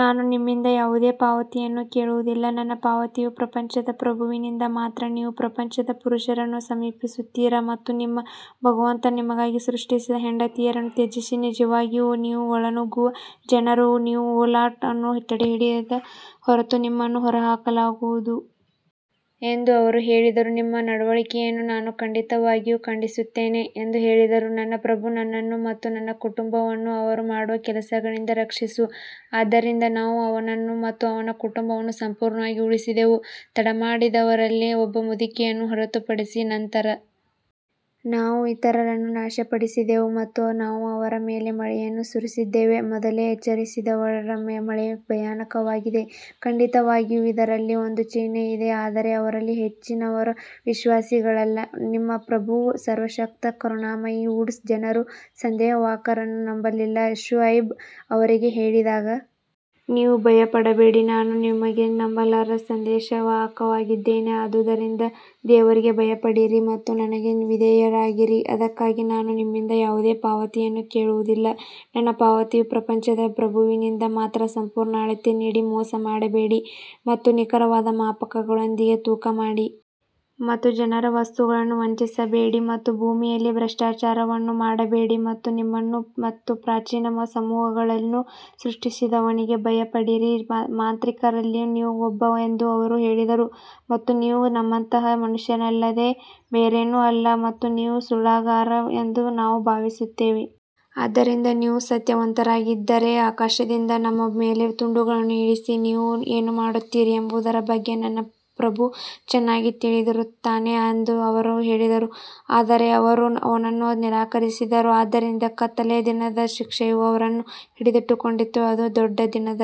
ನಾನು ನಿಮ್ಮಿಂದ ಯಾವುದೇ ಪಾವತಿಯನ್ನು ಕೇಳುವುದಿಲ್ಲ, ನನ್ನ ಪಾವತಿಯು ಪ್ರಪಂಚದ ಪ್ರಭುವಿನಿಂದ ಮಾತ್ರ ನೀವು ಪ್ರಪಂಚದ ಪುರುಷರನ್ನು ಸಮೀಪಿಸುತ್ತೀರಾ ಮತ್ತು ನಿಮ್ಮ ಭಗವಂತ ನಿಮಗಾಗಿ ಸೃಷ್ಟಿಸಿದ ಹೆಂಡತಿಯರನ್ನು ತ್ಯಜಿಸಿ, ನಿಜವಾಗಿಯೂ ನೀವು ಒಳನುಗ್ಗುವ ಜನರು ನೀವು ಓ ಲಾಟ್ ಅನ್ನು ತಡೆಹಿಡಿಯದ ಹೊರತು ನಿಮ್ಮನ್ನು ಹೊರಹಾಕಲಾಗುವುದು ಎಂದು ಅವರು ಹೇಳಿದರು ನಿಮ್ಮ ನಡವಳಿಕೆಯನ್ನು ನಾನು ಖಂಡಿತವಾಗಿಯೂ ಖಂಡಿಸುತ್ತೇನೆ ಎಂದು ಹೇಳಿದರು ನನ್ನ ಪ್ರಭು ನನ್ನನ್ನು ಮತ್ತು ನನ್ನ ಕುಟುಂಬವನ್ನು ಅವರು ಮಾಡುವ ಕೆಲಸಗಳಿಂದ ರಕ್ಷಿಸು ಆದ್ದರಿಂದ ನಾವು ಅವನನ್ನು ಮತ್ತು ಅವನ ಕುಟುಂಬವನ್ನು ಸಂಪೂರ್ಣವಾಗಿ ಉಳಿಸಿದೆವು ತಡಮಾಡಿದವರಲ್ಲಿ ಒಬ್ಬ ಮುದುಕಿಯನ್ನು ಹೊರತುಪಡಿಸಿ ನಂತರ ನಾವು ಇತರರನ್ನು ನಾಶಪಡಿಸಿದೆವು ಮತ್ತು ನಾವು ಅವರ ಮೇಲೆ ಮಳೆಯನ್ನು ಸುರಿಸಿದ್ದೇವೆ, ಮೊದಲೇ ಎಚ್ಚರಿಸಿದವರ ಮಳೆ ಭಯಾನಕವಾಗಿದೆ ಖಂಡಿತವಾಗಿಯೂ ಇದರಲ್ಲಿ ಒಂದು ಚಿಹ್ನೆ ಇದೆ ಆದರೆ ಅವರಲ್ಲಿ ಹೆಚ್ಚಿನವರು ವಿಶ್ವಾಸಿಗಳಲ್ಲ ನಿಮ್ಮ ಪ್ರಭು ಸರ್ವಶಕ್ತ ಕರುಣಾಮಯಿ ವುಡ್ಸ್ ಜನರು ಸಂದೇಶವಾಹಕರನ್ನು ನಂಬಲಿಲ್ಲ ಶುಐಬ್ ಅವರಿಗೆ ಹೇಳಿದಾಗ ನೀವು ಭಯಪಡಬೇಡಿ ನಾನು ನಿಮಗೆ ನಂಬಲರ್ಹ ಸಂದೇಶವಾಹಕನಾಗಿದ್ದೇನೆ ಆದುದರಿಂದ ದೇವರಿಗೆ ಭಯಪಡಿರಿ ಮತ್ತು ನನಗೆ ವಿಧೇಯರಾಗಿರಿ ಅದಕ್ಕಾಗಿ ನಾನು ನಿಮ್ಮಿಂದ ಯಾವುದೇ ಪಾವತಿಯನ್ನು ಕೇಳುವುದಿಲ್ಲ, ನನ್ನ ಪಾವತಿಯು ಪ್ರಪಂಚದ ಪ್ರಭುವಿನಿಂದ ಮಾತ್ರ ಸಂಪೂರ್ಣ ಅಳತೆ ನೀಡಿ ಮೋಸ ಮಾಡಬೇಡಿ ಮತ್ತು ನಿಖರವಾದ ಮಾಪಕಗಳೊಂದಿಗೆ ತೂಕ ಮಾಡಿ ಮತ್ತು ಜನರ ವಸ್ತುಗಳನ್ನು ವಂಚಿಸಬೇಡಿ ಮತ್ತು ಭೂಮಿಯಲ್ಲಿ ಭ್ರಷ್ಟಾಚಾರವನ್ನು ಮಾಡಬೇಡಿ ಮತ್ತು ನಿಮ್ಮನ್ನು ಮತ್ತು ಪ್ರಾಚೀನ ಸಮೂಹಗಳನ್ನು ಸೃಷ್ಟಿಸಿದವನಿಗೆ ಭಯಪಡಿರಿ ಮಾಂತ್ರಿಕರಲ್ಲಿ ನೀನೂ ಒಬ್ಬ ಎಂದು ಅವರು ಹೇಳಿದರು ಮತ್ತು ನೀವು ನಮ್ಮಂತಹ ಮನುಷ್ಯನಲ್ಲದೆ ಬೇರೇನೂ ಅಲ್ಲ ಮತ್ತು ನೀವು ಸುಳ್ಳುಗಾರ ಎಂದು ನಾವು ಭಾವಿಸುತ್ತೇವೆ ಆದ್ದರಿಂದ ನೀವು ಸತ್ಯವಂತರಾಗಿದ್ದರೆ ಆಕಾಶದಿಂದ ನಮ್ಮ ಮೇಲೆ ತುಂಡುಗಳನ್ನು ಇಳಿಸಿ ನೀವು ಏನು ಮಾಡುತ್ತೀರಿ ಎಂಬುದರ ಬಗ್ಗೆ ನನ್ನ ಪ್ರಭು ಚೆನ್ನಾಗಿ ತಿಳಿದಿರುತ್ತಾನೆ ಎಂದು ಅವರು ಹೇಳಿದರು ಆದರೆ ಅವರು ಅವನನ್ನು ನಿರಾಕರಿಸಿದರು ಆದ್ದರಿಂದ ಕತ್ತಲೆಯ ದಿನದ ಶಿಕ್ಷೆಯು ಅವರನ್ನು ಹಿಡಿದಿಟ್ಟುಕೊಂಡಿತು, ಅದು ದೊಡ್ಡ ದಿನದ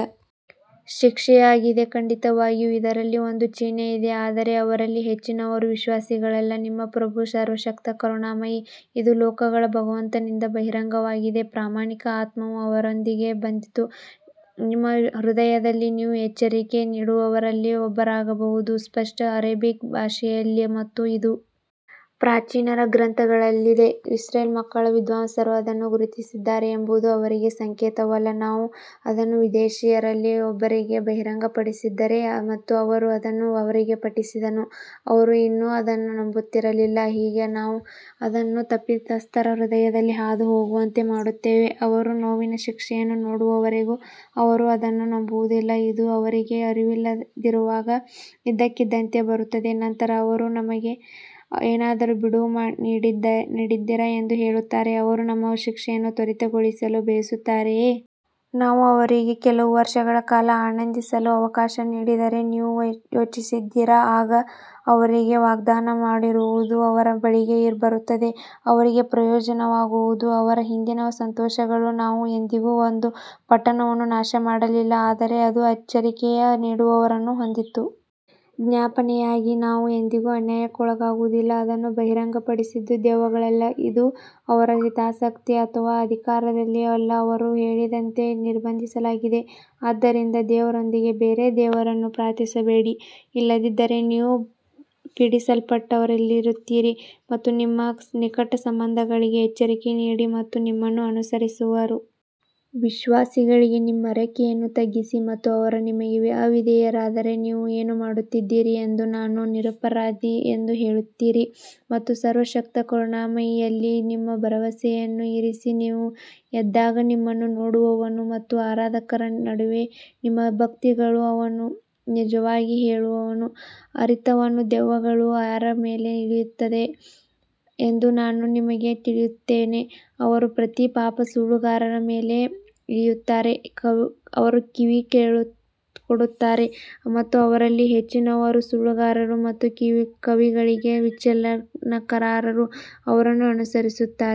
ಶಿಕ್ಷೆಯಾಗಿದೆ ಖಂಡಿತವಾಗಿಯೂ ಇದರಲ್ಲಿ ಒಂದು ಚಿಹ್ನೆ ಇದೆ ಆದರೆ ಅವರಲ್ಲಿ ಹೆಚ್ಚಿನವರು ವಿಶ್ವಾಸಿಗಳಲ್ಲ ನಿಮ್ಮ ಪ್ರಭು ಸರ್ವಶಕ್ತ ಕರುಣಾಮಯಿ ಇದು ಲೋಕಗಳ ಭಗವಂತನಿಂದ ಬಹಿರಂಗವಾಗಿದೆ ಪ್ರಾಮಾಣಿಕ ಆತ್ಮವು ಅದರೊಂದಿಗೆ ಬಂದಿತು ನಿಮ್ಮ ಹೃದಯದಲ್ಲಿ ನೀವು ಎಚ್ಚರಿಕೆ ನೀಡುವವರಲ್ಲಿ ಒಬ್ಬರಾಗಬಹುದು ಸ್ಪಷ್ಟ ಅರೇಬಿಕ್ ಭಾಷೆಯಲ್ಲಿ ಮತ್ತು ಇದು ಪ್ರಾಚೀನರ ಗ್ರಂಥಗಳಲ್ಲಿದೆ ಇಸ್ರೇಲ್ ಮಕ್ಕಳ ವಿದ್ವಾಂಸರು ಅದನ್ನು ಗುರುತಿಸಿದ್ದಾರೆ ಎಂಬುದು ಅವರಿಗೆ ಸಂಕೇತವಲ್ಲ ನಾವು ಅದನ್ನು ವಿದೇಶಿಯರಲ್ಲಿ ಒಬ್ಬರಿಗೆ ಬಹಿರಂಗಪಡಿಸಿದ್ದರೆ ಮತ್ತು ಅವನು ಅದನ್ನು ಅವರಿಗೆ ಪಠಿಸಿದನು, ಅವರು ಇನ್ನೂ ಅದನ್ನು ನಂಬುತ್ತಿರಲಿಲ್ಲ ಹೀಗೆ ನಾವು ಅದನ್ನು ತಪ್ಪಿತಸ್ಥರ ಹೃದಯದಲ್ಲಿ ಹಾದು ಹೋಗುವಂತೆ ಮಾಡುತ್ತೇವೆ ಅವರು ನೋವಿನ ಶಿಕ್ಷೆಯನ್ನು ನೋಡುವವರೆಗೂ ಅವರು ಅದನ್ನು ನಂಬುವುದಿಲ್ಲ ಇದು ಅವರಿಗೆ ಅರಿವಿಲ್ಲದಿರುವಾಗ ಇದ್ದಕ್ಕಿದ್ದಂತೆ ಬರುತ್ತದೆ ನಂತರ ಅವರು ನಮಗೆ ಏನಾದರೂ ಬಿಡುವು ನೀಡಿದ್ದೀರಾ ಎಂದು ಹೇಳುತ್ತಾರೆ ಅವರು ನಮ್ಮ ಶಿಕ್ಷೆಯನ್ನು ತ್ವರಿತಗೊಳಿಸಲು ಬಯಸುತ್ತಾರೆಯೇ? ನಾವು ಅವರಿಗೆ ಕೆಲವು ವರ್ಷಗಳ ಕಾಲ ಆನಂದಿಸಲು ಅವಕಾಶ ನೀಡಿದರೆ ನೀವು ಯೋಚಿಸಿದ್ದೀರಾ? ಆಗ ಅವರಿಗೆ ವಾಗ್ದಾನ ಮಾಡಿರುವುದು ಅವರ ಬಳಿಗೆ ಬರುತ್ತದೆ ಅವರಿಗೆ ಪ್ರಯೋಜನವಾಗುವುದು ಅವರ ಹಿಂದಿನ ಸಂತೋಷಗಳು ನಾವು ಎಂದಿಗೂ ಒಂದು ಪಟ್ಟಣವನ್ನು ನಾಶ ಮಾಡಲಿಲ್ಲ ಆದರೆ ಅದು ಎಚ್ಚರಿಕೆ ನೀಡುವವರನ್ನು ಹೊಂದಿತ್ತು ಜ್ಞಾಪನೆಯಾಗಿ ನಾವು ಎಂದಿಗೂ ಅನ್ಯಾಯಕ್ಕೊಳಗಾಗುವುದಿಲ್ಲ ಅದನ್ನು ಬಹಿರಂಗಪಡಿಸಿದ್ದು ದೆವ್ವಗಳಲ್ಲ ಇದು ಅವರ ಹಿತಾಸಕ್ತಿ ಅಥವಾ ಅಧಿಕಾರದಲ್ಲಿ ಅಲ್ಲ ಅವರು ಕೇಳದಂತೆ ನಿರ್ಬಂಧಿಸಲಾಗಿದೆ ಆದ್ದರಿಂದ ದೇವರೊಂದಿಗೆ ಬೇರೆ ದೇವರನ್ನು ಪ್ರಾರ್ಥಿಸಬೇಡಿ, ಇಲ್ಲದಿದ್ದರೆ ನೀವು ಪೀಡಿಸಲ್ಪಟ್ಟವರಲ್ಲಿರುತ್ತೀರಿ ಮತ್ತು ನಿಮ್ಮ ನಿಕಟ ಸಂಬಂಧಿಗಳಿಗೆ ಎಚ್ಚರಿಕೆ ನೀಡಿ ಮತ್ತು ನಿಮ್ಮನ್ನು ಅನುಸರಿಸುವ ವಿಶ್ವಾಸಿಗಳಿಗೆ ನಿಮ್ಮ ರೆಕ್ಕೆಯನ್ನು ತಗ್ಗಿಸಿ ಮತ್ತು ಅವರು ನಿಮಗೆ ಅವಿಧೇಯರಾದರೆ, ನೀವು ಏನು ಮಾಡುತ್ತಿದ್ದೀರಿ ಎಂದು ನಾನು ನಿರಪರಾಧಿ ಎಂದು ಹೇಳುತ್ತೀರಿ ಮತ್ತು ಸರ್ವಶಕ್ತ ಕರುಣಾಮಯಿಯಲ್ಲಿ ನಿಮ್ಮ ಭರವಸೆಯನ್ನು ಇರಿಸಿ ನೀವು ಎದ್ದಾಗ ನಿಮ್ಮನ್ನು ನೋಡುವವನು ಮತ್ತು ಆರಾಧಕರ ನಡುವೆ ನಿಮ್ಮ ಭಕ್ತಿಗಳು ಅವನು ನಿಜವಾಗಿ ಕೇಳುವವನು ಅರಿತವನು ದೆವ್ವಗಳು ಯಾರ ಮೇಲೆ ಇಳಿಯುತ್ತವೆ ಎಂದು ನಾನು ನಿಮಗೆ ತಿಳಿಸುತ್ತೇನೆ ಅವರು ಪ್ರತಿ ಪಾಪ ಸುಳ್ಳುಗಾರನ ಮೇಲೆ ಇಳಿಯುತ್ತಾರೆ ಅವರು ಕಿವಿ ಕೊಡುತ್ತಾರೆ ಮತ್ತು ಅವರಲ್ಲಿ ಹೆಚ್ಚಿನವರು ಸುಳ್ಳುಗಾರರು ಮತ್ತು ಕವಿಗಳಿಗೆ ವಿಚಲನಕಾರರು ಅವರನ್ನು ಅನುಸರಿಸುತ್ತಾರೆ.